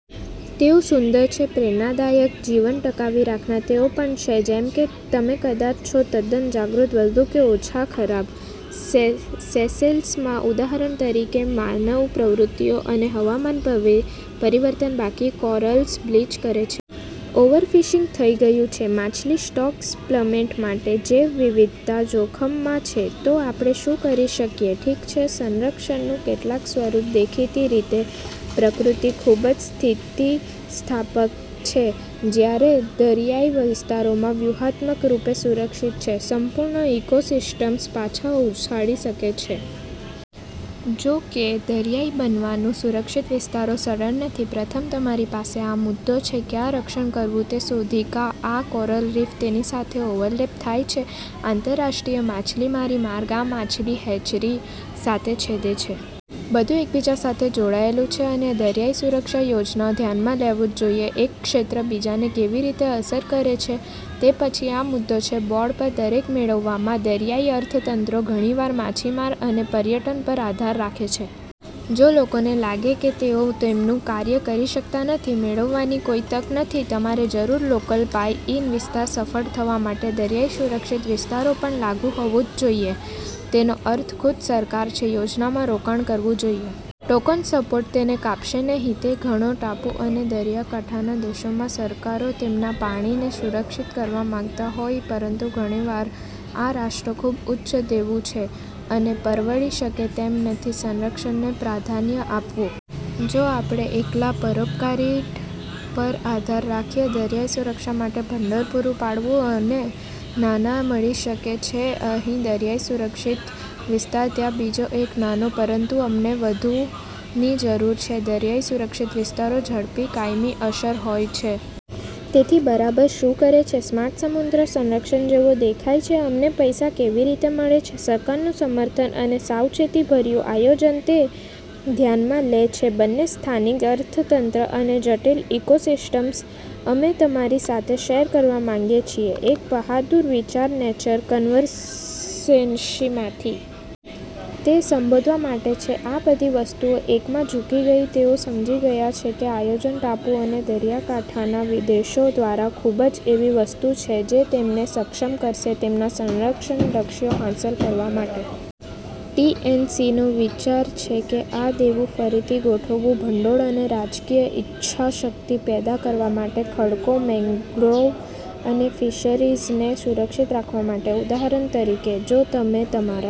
તેઓ સુંદર છે, પ્રેરણાદાયક, જીવન ટકાવી રાખનાર. તેઓ પણ છે, જેમ કે તમે કદાચ છો તદ્દન જાગૃત, વધુ કે ઓછા ખરાબ. સેશેલ્સમાં, ઉદાહરણ તરીકે, માનવ પ્રવૃત્તિઓ અને હવામાન પરિવર્તન બાકી કોરલ્સ બ્લીચ કરે છે. ઓવરફિશિંગ થઈ ગયું છે માછલી સ્ટોક્સ પ્લમેટ માટે. જૈવવિવિધતા જોખમમાં છે. તો આપણે શું કરી શકીએ? ઠીક છે, સંરક્ષણનું કેટલાક સ્વરૂપ, દેખીતી રીતે. પ્રકૃતિ ખૂબ જ સ્થિતિસ્થાપક છે. જ્યારે દરિયાઇ વિસ્તારો વ્યૂહાત્મક રૂપે સુરક્ષિત છે, સંપૂર્ણ ઇકોસિસ્ટમ્સ પાછા ઉછાળી શકે છે. જો કે, દરિયાઇ બનાવવું સુરક્ષિત વિસ્તારો સરળ નથી. પ્રથમ, તમારી પાસે આ મુદ્દો છે ક્યાં રક્ષણ કરવું તે શોધી કા. આ કોરલ રીફ તેની સાથે ઓવરલેપ થાય છે આંતરરાષ્ટ્રીય માછીમારી માર્ગ, આ માછલી હેચરી સાથે છેદે છે. બધું એકબીજા સાથે જોડાયેલું છે. અને દરિયાઇ સુરક્ષા યોજનાઓ ધ્યાનમાં લેવું જ જોઇએ એક ક્ષેત્ર બીજાને કેવી રીતે અસર કરે છે. તે પછી, આ મુદ્દો છે બોર્ડ પર દરેક મેળવવામાં. દરિયાઇ અર્થતંત્રો ઘણીવાર માછીમારી અને પર્યટન પર આધાર રાખે છે. જો લોકોને લાગે કે તેઓ તેમનું કાર્ય કરી શકતા નથી, મેળવવાની કોઈ તક નથી તમારે જરૂરી લોકલ બાય-ઇન વિસ્તાર સફળ થવા માટે. દરિયાઇ સુરક્ષિત વિસ્તારો પણ લાગુ હોવું જ જોઈએ. તેનો અર્થ ખુદ સરકાર છે યોજનામાં રોકાણ કરવું જોઇએ. ટોકન સપોર્ટ તેને કાપશે નહીં. તે ઘણો. ટાપુ અને દરિયાકાંઠાના દેશોમાં સરકારો તેમના પાણીને સુરક્ષિત કરવા માંગતા હોય, પરંતુ ઘણી વાર આ રાષ્ટ્રો ખૂબ ઉચ્ચ દેવું છે અને પરવડી શકે તેમ નથી સંરક્ષણને પ્રાધાન્ય આપવું. જો આપણે એકલા પરોપકારી ડ પર આધાર રાખીએ દરિયાઇ સુરક્ષા માટે ભંડોળ પૂરું પાડવું, અમે નાના મળી શકે છે અહીં દરિયાઇ-સુરક્ષિત વિસ્તાર, ત્યાં બીજો એક નાનો. પરંતુ અમને વધુની જરૂર છે દરિયાઇ સુરક્ષિત વિસ્તારો ઝડપી, કાયમી અસર હોય છે. તેથી બરાબર શું કરે છે સ્માર્ટ સમુદ્ર સંરક્ષણ જેવો દેખાય છે? અમને પૈસા કેવી રીતે મળે છે, સરકારનું સમર્થન અને સાવચેતીભર્યું આયોજન તે ધ્યાનમાં લે છે બંને સ્થાનિક અર્થતંત્ર અને જટિલ ઇકોસિસ્ટમ્સ? અમે તમારી સાથે શેર કરવા માંગીએ છીએ એક બહાદુર વિચાર નેચર કન્ઝર્વેન્સીમાંથી. તે સંબોધવા માંગે છે આ બધી વસ્તુઓ એકમાં ઝૂકી ગઈ. તેઓ સમજી ગયા છે કે આયોજન ટાપુ અને દરિયાકાંઠાના દેશો દ્વારા ખૂબ જ એવી વસ્તુ છે જે તેમને સક્ષમ કરશે તેમના સંરક્ષણ લક્ષ્યો હાંસલ કરવા માટે. ટી. એન. સી. નો વિચાર છે કે આ દેવું ફરીથી ગોઠવવું, ભંડોળ અને રાજકીય ઇચ્છાશક્તિ પેદા કરવા માટે ખડકો, મેંગ્રોવ અને ફિશરીઝને સુરક્ષિત રાખવા માટે. ઉદાહરણ તરીકે, જો તમે તમારા